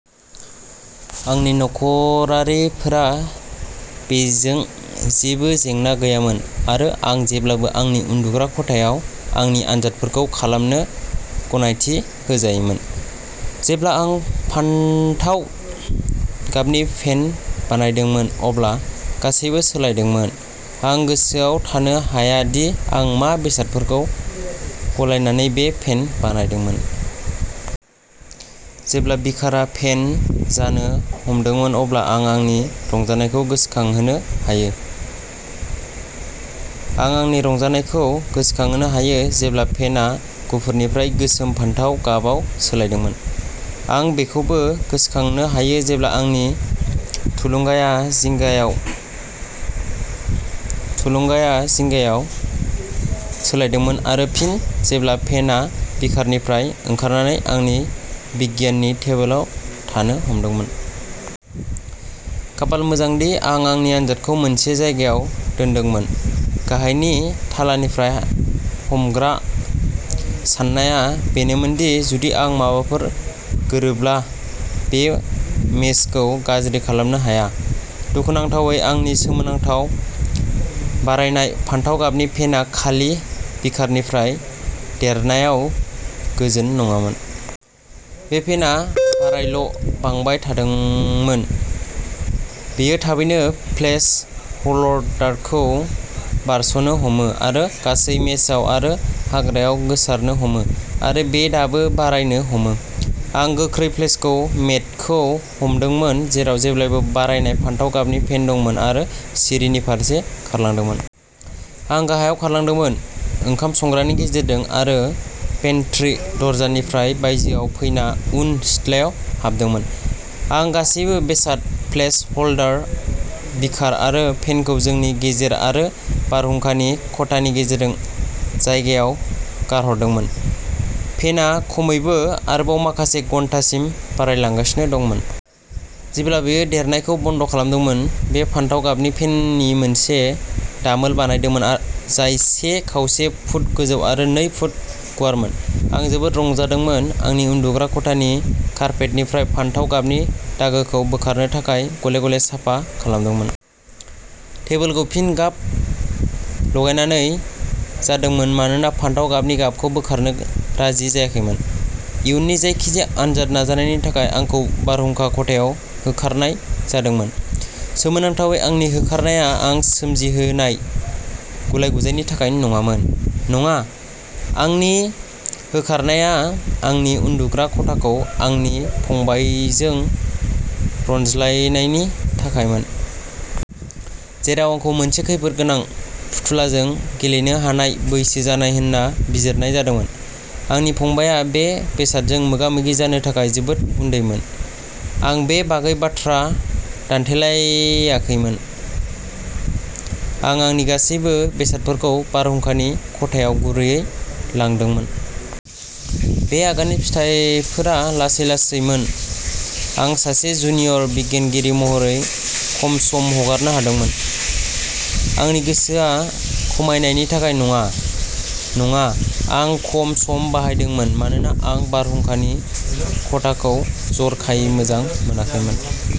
आंनि नखरारिफोरा बेजों जेबो जेंना गैयामोन आरो आं जेब्लाबो आंनि उन्दुग्रा खथायाव आंनि आनजादफोरखौ खालामनो गनायथि होजायोमोन। जेब्ला आं फान्थाव गाबनि फेन बानायदोंमोन अब्ला गासैबो सोलायदोंमोन। आं गोसोआव थानो हाया दि आं मा बेसादफोरखौ गलायनानै बे फेन बानायदोंमोन। जेब्ला बीकारआ फेन जानो हमदोंमोन अब्ला आं आंनि रंजानायखौ गोसोखांहोनो हायो। आं आंनि रंजानायखौ गोसोखांहोनो हायो जेब्ला फेनआ गुफुरनिफ्राय गोसोम फान्थाव गाबाव सोलायदोंमोन। आं बेखौबो गोसोखांनो हायो जेब्ला आंनि थुलुंगाया जिंगायाव थुलुंगाया जिंगायाव सोलायदोंमोन आरो फिन जेब्ला फेनआ बीकारनिफ्राय ओंखारनानै आंनि बिगियाननि टेबोलाव थानो हमदोंमोन। खाफाल मोजां मोनदि आं आंनि आनजादखौ मोनसे जायगायाव दोनदोंमोन। गाहायनि थालानिफ्राय हमग्रा। साननाया बेनोमोन दि जुदि आं माबाफोर गोरोब्ला बेयो मेजखौ गाज्रि खालामनो हाया। दुखुनांथावै आंनि सोमोनांथाव बारायनाय फान्थाव गाबनि फेनआ खालि बीकारनिफ्राय देरनायाव गोजोन नङामोन। बे फेनआ बारायल' बांबाय थादोंमोन। बेयो थाबैनो प्लेस ह'ल्डारखौ बारस'नो हमो आरो गासै मेजआव आरो हाग्रायाव गोसारनो हमो आरो बेयो दाबो बारायनो हमो। आं गोख्रै प्लेस मेटखौ हमदोंमोन जेराव जेब्लाबो बारायनाय फान्थाव गाबनि फेन दंमोन आरो सिरिनि फारसे खारलांदोंमोन। आं गाहायाव खारलांदोंमोन, ओंखाम संग्रानि गेजेरजों आरो पेन्ट्री दरजानिफ्राय बायजोआव फैना उन सिथ्लायाव हाबदोंमोन। आं गासिबो बेसाद, प्लेस ह'ल्डार, बीकार आरो फेनखौ जोंनि गेजेर आरो बारहुंखानि खथानि गेजेरनि जायगायाव गारहरदोंमोन। फेनआ खमैबो आरोबाव माखासे घन्टासिम बारायलांगासिनो दंमोन। जेब्ला बेयो देरनायखौ बन्द' खालामदोंमोन, बेयो फान्थाव गाबनि फेननि मोनसे दामोल बानायदोंमोन आ जाय से खावसे फुट गोजौ आरो नै फुट गुवारमोन। आं जोबोद रंजादोंमोन। आंनि उन्दुग्रा खथानि कार्पेटनिफ्राय फान्थाव गाबनि दागोखौ बोखारनो थाखाय गले-गले साफा खालामदोंमोन। टेबोलखौ फिन गाब लगायनानै जादोंमोन मानोना फान्थाव गाबनि गाबखौ बोखारनो राजि जायाखैमोन। इयुननि जायखिजाया आनजाद नाजानायनि थाखाय आंखौ बारहुंखानि खथायाव होखारनाय जादोंमोन। सोमोनांथावै आंनि होखारनाया आं सोमजिहोनाय गुलाय-गुजायनि थाखाय नङामोन। नङा, आंनि होखारनाया आंनि उन्दुग्रा खथाखौ आंनि फंबायजों रनज्लायनायनि थाखायमोन। जेराव आंखौ मोनसे खैफोदगोनां फुथुलाजों गेलेनो हानाय बैसो जानाय होन्ना बिजिरनाय जादोंमोन, आंनि फंबायआ बे बेसादजों मोगा मोगि जानो थाखाय जोबोद उन्दैमोन। आं बेनि बागै बाथ्रा दान्थेलायाखैमोन। आं आंनि गासैबो बेसादफोरखौ बारहुंखानि खथायाव गुरैयै लांदोंमोन। बे आगाननि फिथाइफोरा लासै-लासैमोन। आं सासे जुनियर बिगियानगिरि महरै खम सम हगारनो हादोंमोन। आंनि गोसोआ खमायनायनि थाखाय नङा। नङा, आं खम सम बाहायदोंमोन मानोना आं बारहुंखानि खथाखौ जरखायै मोजां मोनाखैमोन।